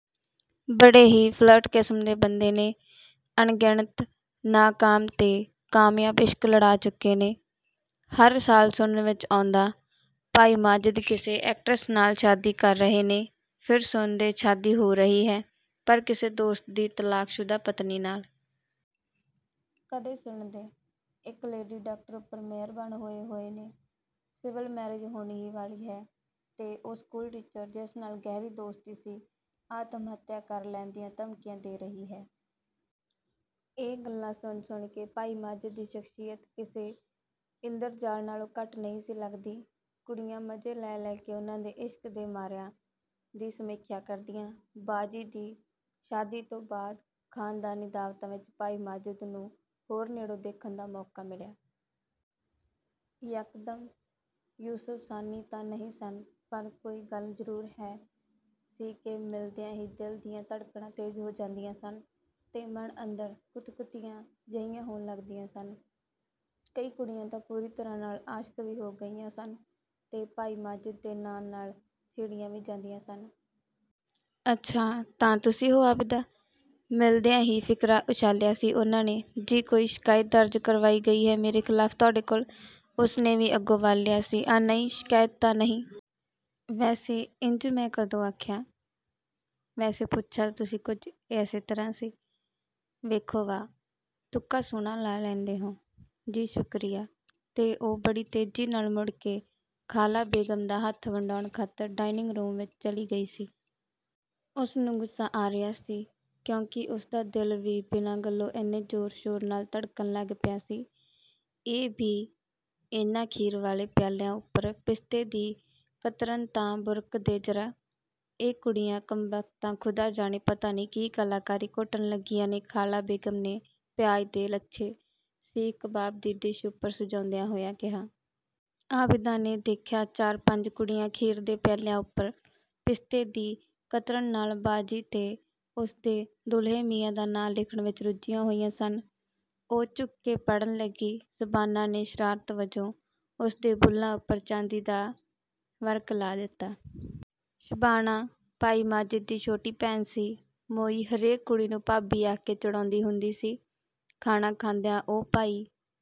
ਬੜੇ ਹੀ ਫਲਰਟ ਕਿਸਮ ਦੇ ਬੰਦੇ ਨੇ, ਅਣਗਿਣਤ ਨਾਕਾਮ ਤੇ ਕਾਮਯਾਬ ਇਸ਼ਕ ਲੜਾ ਚੁੱਕੇ ਨੇ। ਹਰ ਸਾਲ ਸੁਣਨ ਵਿੱਚ ਆਉਂਦਾ, ਭਾਈ ਮਾਜਿਦ ਕਿਸੇ ਐਕਟਰੈਸ ਨਾਲ ਸ਼ਾਦੀ ਕਰ ਰਹੇ ਨੇ। ਫਿਰ ਸੁਣਦੇ, ਸ਼ਾਦੀ ਹੋ ਰਹੀ ਹੈ, ਪਰ ਕਿਸੇ ਦੋਸਤ ਦੀ ਤਲਾਕ ਸ਼ੁਦਾ ਪਤਨੀ ਨਾਲ। ਕਦੇ ਸੁਣਦੇ, ਇੱਕ ਲੇਡੀ ਡਾਕਟਰ ਉੱਪਰ ਮਿਹਰਬਾਨ ਹੋਏ ਹੋਏ ਨੇ, ਸਿਵਲ ਮੈਰਿਜ ਹੋਣ ਹੀ ਵਾਲੀ ਹੈ ਤੇ ਉਹ ਸਕੂਲ ਟੀਚਰ ਜਿਸ ਨਾਲ ਗਹਿਰੀ ਦੋਸਤੀ ਸੀ, ਆਤਮ-ਹੱਤਿਆ ਕਰ ਲੈਣ ਦੀਆਂ ਧਮਕੀਆਂ ਦੇ ਰਹੀ ਹੈ। ਇਹ ਗੱਲਾਂ ਸੁਣ-ਸੁਣ ਕੇ ਭਾਈ ਮਾਜਿਦ ਦੀ ਸ਼ਖਸੀਅਤ, ਕਿਸੇ ਇੰਦਰ ਜਾਲ ਨਾਲੋਂ ਘੱਟ ਨਹੀਂ ਸੀ ਲੱਗਦੀ। ਕੁੜੀਆਂ ਮਜ਼ੇ ਲੈ-ਲੈ ਕੇ ਉਨ੍ਹਾਂ ਦੇ ਇਸ਼ਕ ਦੇ ਮਾਰਿਆਂ ਦੀ ਸਮੀਖਿਆ ਕਰਦੀਆਂ। ਬਾਜੀ ਦੀ ਸ਼ਾਦੀ ਤੋਂ ਬਾਅਦ ਖਾਨਦਾਨੀ ਦਾਵਤਾਂ ਵਿੱਚ ਭਾਈ ਮਾਜਿਦ ਨੂੰ ਹੋਰ ਨੇੜਿਓਂ ਦੇਖਣ ਦਾ ਮੌਕਾ ਮਿਲਿਆ। ਯਕਦਮ ਯੁਸਫ਼ ਸਾਨੀ ਤਾਂ ਨਹੀਂ ਸਨ ਪਰ ਕੋਈ ਗੱਲ ਜ਼ਰੂਰ ਹੈ ਸੀ ਕਿ ਮਿਲਦਿਆਂ ਹੀ ਦਿਲ ਦੀਆਂ ਧੜਕਨਾਂ ਤੇਜ਼ ਹੋ ਜਾਂਦੀਆਂ ਸਨ ਤੇ ਮਨ ਅੰਦਰ ਕੁਤਕੁਤੀਆਂ ਜਿਹੀਆਂ ਹੋਣ ਲੱਗਦੀਆਂ ਸਨ। ਕਈ ਕੁੜੀਆਂ ਤਾਂ ਪੂਰੀ ਤਰ੍ਹਾਂ ਨਾਲ ਆਸ਼ਕ ਵੀ ਹੋ ਗਈਆਂ ਸਨ ਤੇ ਭਾਈ ਮਾਜਿਦ ਦੇ ਨਾਂ ਨਾਲ ਛੇੜੀਆਂ ਵੀ ਜਾਂਦੀਆਂ ਸਨ। "ਅੱਛਾ, ਤਾਂ ਤੁਸੀਂ ਹੋ ਆਬਿਦਾ।" ਮਿਲਦਿਆਂ ਹੀ ਫਿਕਰਾ ਉਛਾਲਿਆ ਸੀ ਉਨ੍ਹਾਂ ਨੇ। "ਜੀ, ਕੋਈ ਸ਼ਿਕਾਇਤ ਦਰਜ ਕਰਵਾਈ ਗਈ ਹੈ ਮੇਰੇ ਖ਼ਿਲਾਫ਼ ਤੁਹਾਡੇ ਕੋਲ?" ਉਸਨੇ ਵੀ ਅੱਗੋਂ ਵਲ ਲਿਆ ਸੀ।"ਆ, ਨਹੀਂ, ਸ਼ਿਕਾਇਤ ਤਾਂ ਨਹੀਂ। ਵੈਸੇ ਇੰਜ ਮੈਂ ਕਦੋਂ ਆਖਿਆ?""ਵੈਸੇ ਪੁੱਛਿਆ ਤਾਂ ਤੁਸੀਂ ਕੁਝ ਐਸੇ ਤਰ੍ਹਾਂ ਸੀ।" "ਵੇਖੋ ਵਾਹ, ਤੁੱਕਾ ਸੋਹਣਾ ਲਾ ਲੈਂਦੇ ਹੋ।""ਜੀ, ਸ਼ੁਕਰੀਆ।"ਤੇ ਉਹ ਬੜੀ ਤੇਜ਼ੀ ਨਾਲ ਮੁੜ ਕੇ ਖਾਲਾ ਬੇਗਮ ਦਾ ਹੱਥ ਵੰਡਾਉਣ ਖਾਤਰ ਡਾਇਨਿੰਗ-ਰੂਮ ਵਿੱਚ ਚਲੀ ਗਈ ਸੀ। ਉਸ ਨੂੰ ਗੁੱਸਾ ਆ ਰਿਹਾ ਸੀ ਕਿਉਂਕਿ ਉਸਦਾ ਦਿਲ ਵੀ ਬਿਨਾਂ ਗੱਲੋਂ ਇੰਨੇ ਜ਼ੋਰ-ਸ਼ੋਰ ਨਾਲ ਧੜਕਣ ਲੱਗ ਪਿਆ ਸੀ। "ਏ-ਬੀ, ਇਹਨਾਂ ਖੀਰ ਵਾਲੇ ਪਿਆਲਿਆਂ ਉੱਪਰ ਪਿਸਤੇ ਦੀ ਕਤਰਨ ਤਾਂ ਬੁਰਕ ਦੇ ਜ਼ਰਾ।" ਇਹ ਕੁੜੀਆਂ ਕੰਬਖ਼ਤ ਤਾਂ ਖ਼ੁਦਾ ਜਾਣੇ ਪਤਾ ਨਹੀਂ ਕੀ ਕਲਾਕਾਰੀ ਘੋਟਣ ਲੱਗੀਆਂ ਨੇ ਖਾਲਾ ਬੇਗਮ ਨੇ ਪਿਆਜ਼ ਤੇ ਲੱਛੇ, ਸੀਖ-ਕਬਾਬ ਦੀ ਡਿਸ਼ ਉੱਪਰ ਸਜਾਉਂਦਿਆਂ ਹੋਇਆਂ ਕਿਹਾ। ਆਬਿਦਾ ਨੇ ਦੇਖਿਆ ਚਾਰ-ਪੰਜ ਕੁੜੀਆਂ ਖੀਰ ਦੇ ਪਿਆਲਿਆਂ ਉੱਪਰ ਪਿਸਤੇ ਦੀ ਕਤਰਨ ਨਾਲ ਬਾਜੀ ਤੇ ਉਸਦੇ ਦੂਲਹੇ ਮੀਆਂ ਦਾ ਨਾਂ ਲਿਖਣ ਵਿੱਚ ਰੁੱਝੀਆਂ ਹੋਈਆਂ ਸਨ। ਉਹ ਝੁਕ ਕੇ ਪੜ੍ਹਨ ਲੱਗੀ, ਸ਼ਬਾਨਾ ਨੇ ਸ਼ਰਾਰਤ ਵਜੋਂ ਉਸ ਦੇ ਬੁੱਲ੍ਹਾਂ ਉੱਪਰ ਚਾਂਦੀ ਦਾ ਵਰਕ ਲਾ ਦਿੱਤਾ। ਸ਼ਬਾਨਾ ਭਾਈ ਮਾਜਿਦ ਦੀ ਛੋਟੀ ਭੈਣ ਸੀ, ਮੋਈ ਹਰੇਕ ਕੁੜੀ ਨੂੰ ਭਾਬੀ ਆਖ ਕੇ ਚਿੜਾਉਂਦੀ ਹੁੰਦੀ ਸੀ। ਖਾਣਾ ਖਾਂਦਿਆਂ ਉਹ ਭਾਈ